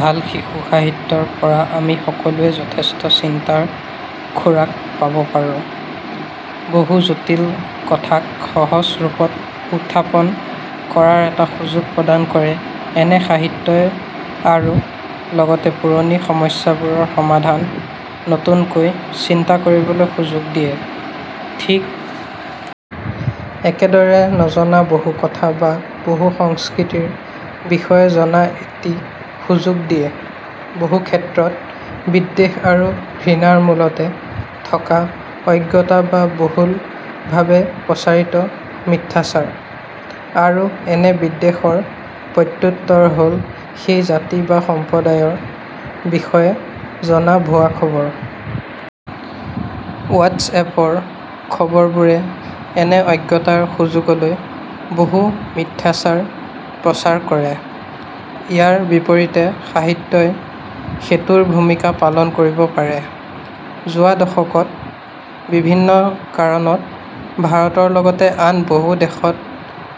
ভাল শিশু সাহিত্যৰ পৰা আমি সকলোৱে যথেষ্ট চিন্তাৰ খোৰাক পাব পাৰোঁ। বহু জটিল কথাক সহজ ৰূপত উত্থাপন কৰাৰ এটা সুযোগ প্ৰদান কৰে এনে সাহিত্যই আৰু লগতে পুৰণি সমস্যাবোৰৰ সমাধান নতুনকৈ চিন্তা কৰিবলৈ সুযোগ দিয়ে। ঠিক একে দৰে নজনা বহু কথা বা বহু সংস্কৃতিৰ বিষয়ে জনাৰ এটি সুযোগ দিয়ে। বহু ক্ষেত্ৰত বিদ্বেষ আৰু ঘৃণাৰ মূলতে থাকে অজ্ঞতা বা বহুল ভাৱে প্ৰচাৰিত মিথ্যাচাৰ। আৰু এনে বিদ্বেষৰ প্ৰত্যুত্তৰ হ'ল সেই জাতি বা সম্প্ৰদায়ৰ বিষয়ে জনা ভূৱা খবৰ। ৱাট্ছ এপৰ খবৰবোৰে এনে অজ্ঞতাৰ সুযোগলৈ বহু মিথ্যাচাৰ প্ৰচাৰ কৰে। ইয়াৰ বিপৰীতে সাহিত্যই সেতুৰ ভূমিকা পালন কৰিব পাৰে। যোৱা দশকত বিভিন্ন কাৰণত ভাৰতৰ লগতে আন বহু দেশত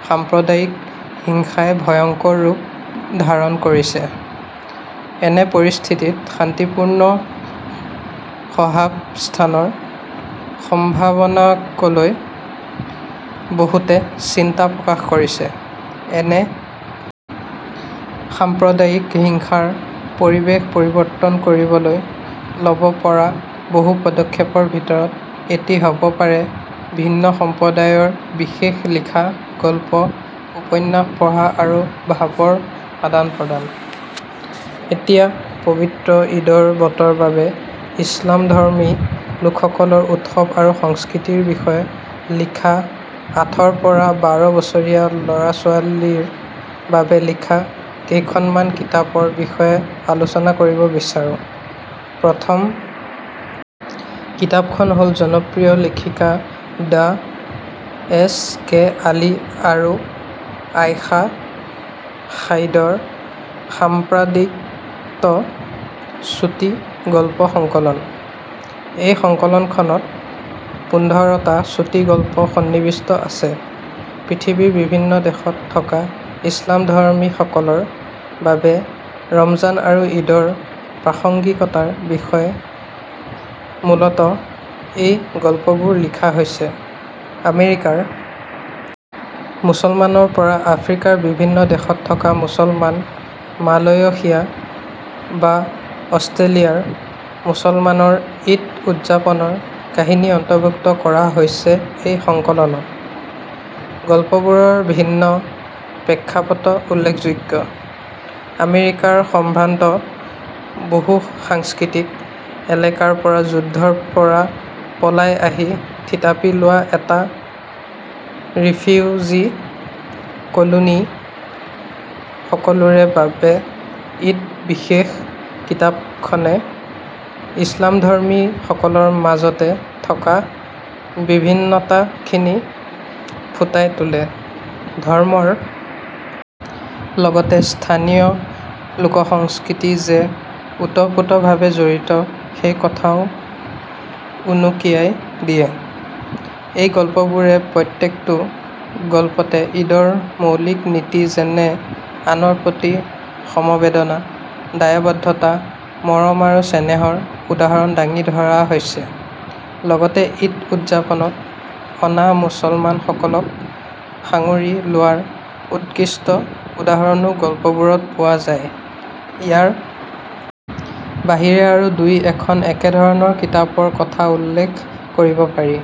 সাম্প্ৰদায়িক হিংসাই ভয়ঙ্কৰ ৰূপ ধাৰণ কৰিছে। এনে পৰিস্থিতিত শান্তিপূৰ্ণ সহাৱস্থানৰ সম্ভাৱনাকলৈ বহুতে চিন্তা প্ৰকাশ কৰিছে। এনে সাম্প্ৰদায়িক হিংসাৰ পৰিবেশ পৰিবৰ্তন কৰিবলৈ লব পৰা বহু পদক্ষেপৰ ভিতৰত এটি হ'ব পাৰে ভিন্ন সম্প্ৰদায়ৰ বিষয়ে লিখা গল্প উপন্যাস পঢ়া আৰু ভাৱৰ আদানপ্ৰদান। এতিয়া পৱিত্ৰ ঈদৰ বতৰ বাবে ইছলামধৰ্মী লোকসকলৰ উৎসৱ আৰু সংস্কৃতিৰ বিষয়ে লিখা আঠৰ পৰা বাৰ বছৰীয়া ল'ৰা-ছোৱালীৰ বাবে লিখা কেইখনমান কিতাপৰ বিষয়ে আলোচনা কৰিব বিচাৰোঁ। প্ৰথম কিতাপখন হ'ল জনপ্ৰিয় লেখিকা দ্বয় এছ কে আলী আৰু আয়শা সাঈদৰ সম্পাদিত চুটি গল্প সংকলন। এই সংকলনখনত পোন্ধৰটা চুটি গল্প সন্নিৱিষ্ট আছে। পৃথিৱীৰ বিভিন্ন দেশত থকা ইছলামধৰ্মীসকলৰ বাবে ৰমজান আৰু ঈদৰ প্ৰাসংগিকতাৰ বিষয়ে মুলতঃ এই গল্পবোৰ লিখা হৈছে। আমেৰিকাৰ মুছলমানৰ পৰা আফ্ৰিকাৰ বিভিন্ন দেশত থকা মুছলমান, মালয়শিয়া বা অষ্ট্ৰেলিয়াৰ মুছলমানৰ ঈদ উদযাপনৰ কাহিনী অন্তৰ্ভুক্ত কৰা হৈছে এই সংকলনত। গল্পবোৰৰ ভিন্ন প্ৰেক্ষাপট উল্লেখযোগ্য। আমেৰিকাৰ সম্ভ্ৰান্ত বহুসাংস্কৃতিক এলেকাৰ পৰা যুদ্ধৰ পৰা পলাই আহি থিতাপি লোৱা এটা ৰিফিউজী কলোনী, সকলোৰে বাবে ঈদ বিশেষ কিতাপখনে ইছলামধৰ্মী সকলৰ মাজতে থকা বিভিন্নতাখিনি ফুটাই তোলে। ধৰ্মৰ লগতে স্থানীয় লোকসংস্কৃতি যে ওতঃপ্ৰোতভাৱে জড়িত সেই কথাও উনুকিয়াই দিয়ে। এই গল্পবোৰে প্ৰত্যেকটো গল্পতে ঈদৰ মৌলিক নীতি যেনে আনৰ প্ৰতি সমবেদনা, দায়বদ্ধতা, মৰম আৰু চেনেহৰ উদাহৰণ দাঙি ধৰা হৈছে। লগতে ঈদ উদযাপনত অনা মুছলমান সকলক সাঙুৰি লোৱাৰ উৎকৃষ্ট উদাহৰণো গল্পবোৰত পোৱা যায়। ইয়াৰ বাহিৰে আৰু দুই এখন একে ধৰণৰ কিতাপৰ কথা উল্লেখ কৰিব পাৰি।